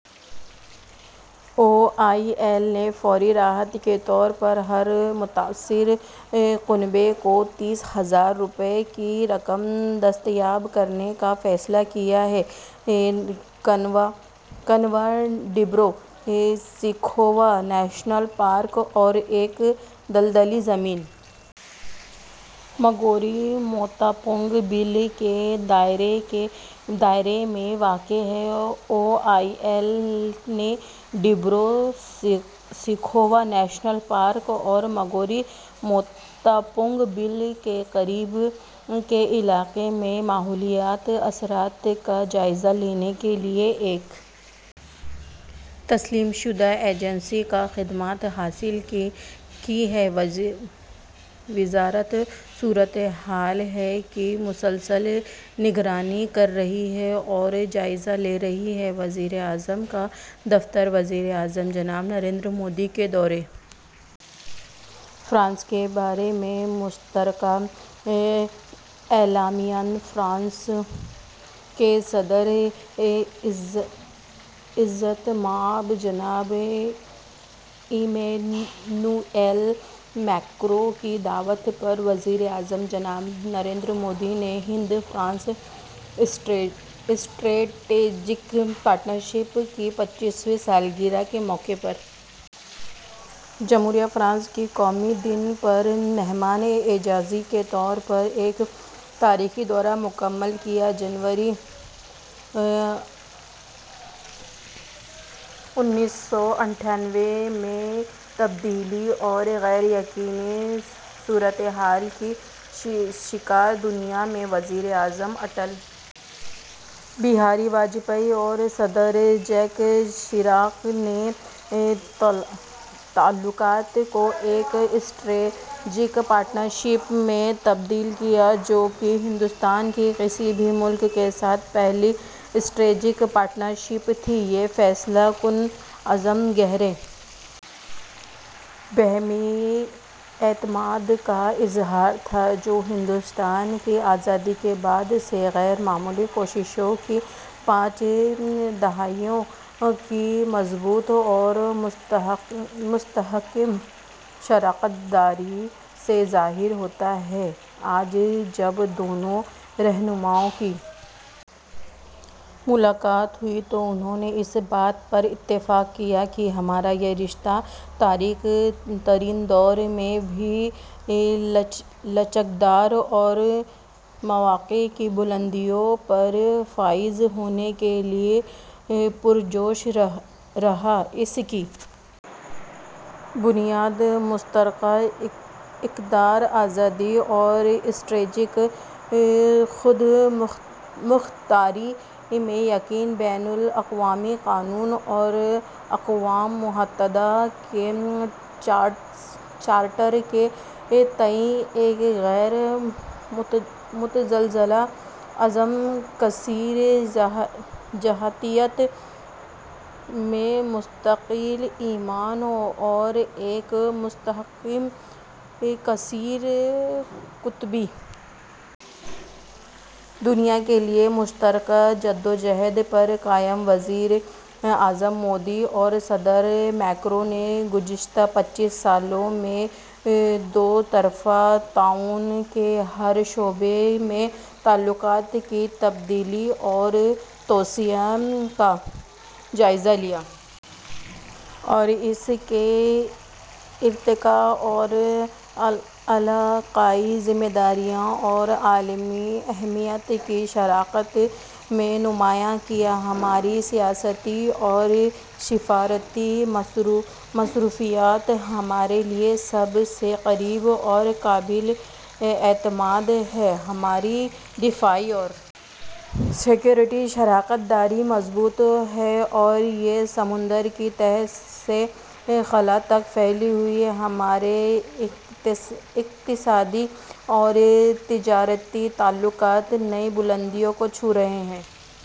O I L نے فوری راحت کے طور پر ہر متاثرہ کنبے کو تیس ہزار روپے کی رقم دستیاب کرانے کا فیصلہ کیا ہے کنواں ڈبرو سیکھووا نیشنل پارک اور ایک دلدلی زمین ماگوری موٹاپنگ بیل کے دائرے میں واقع ہے او آئی ایل نے ڈبرو سیکھووا نیشنل پارک اور ماگوری موٹاپنگ بیل کے قریب کے علاقے میں ماحولیاتی اثرات کا جائزہ لینے کے لیے ایک تسلیم شدہ ایجنسی کی خدمات حاصل کی ہیں وزارت صورت حال کی مسلسل نگرانی کر رہی ہے اور جائزہ لے رہی ہے وزیر اعظم کا دفتر وزیر اعظم جناب نریندر مودی کے دورہ فرانس کے بارے میں مشترکہ اعلامیہ فرانس کے صدر عزت مآب جناب ایمانوئل میکروں کی دعوت پر وزیر اعظم جناب نریندر مودی نے ہند فرانس اسٹریٹجک پارٹنرشپ کی پچیسویں سالگرہ کے موقع پر جمہوریہ فرانس کے قومی دن پر مہمان اعزازی کے طور پر ایک تاریخی دورہ مکمل کیا جنوری انیس سو اٹھانوے میں تبدیلی اور غیر یقینی صورتحال کی شکار دنیا میں وزیر اعظم اٹل بہاری واجپئی اور صدر جیک شیراک نے تعلقات کو ایک اسٹریٹجک پارٹنرشپ میں تبدیل کیا جو کہ ہندوستان کی کسی بھی ملک کے ساتھ پہلی اسٹریٹجک پارٹنرشپ تھی یہ فیصلہ کن عزم گہرے باہمی اعتماد کا اثبات تھا جو ہندوستان کی آزادی کے بعد سے غیر معمولی کوششوں کی پانچ دہائیوں کی مضبوط اور مستحکم شراکت داری سے ظاہر ہوتا ہے آج جب دونوں رہنماؤں کی ملاقات ہوئی تو انہوں نے اس بات پر اتفاق کیا کہ ہمارا یہ رشتہ تاریک ترین دور میں بھی لچکدار اور مواقع کی بلندیوں پر فائز ہونے کے لیے پرجوش رہا اس کی بنیاد مشترکہ اقدار آزادی اور اسٹریٹجک خودمختاری میں یقین بین الاقوامی قانون اور اقوام متحدہ کے چارٹر کے تئیں ایک غیر متزلزل عزم کثیر جہتیت میں مستقل ایمان اور ایک مستحکم کثیر قطبی دنیا کے لیے مشترکہ جدوجہد پر قائم ہے وزیر اعظم مودی اور صدر میکروں نے گزشتہ پچیس سالوں میں دوطرفہ تعاون کے ہر شعبے میں تعلقات کی تبدیلی اور توسیع کا جائزہ لیا اور اس کے ارتقا کو علاقائی ذمہ داریوں اور عالمی اہمیت کی شراکت میں نمایاں کیا ہماری سیاسی اور سفارتی مصروفیات ہمارے لیے سب سے قریب اور قابل اعتماد ہیں ہماری دفاعی اور سیکورٹی شراکت داری مضبوط ہے اور یہ سمندر کی تہہ سے خلا تک پھیلی ہوئی ہے ہمارے اقتصادی اور تجارتی تعلقات نئی بلندیوں کو چھو رہے ہیں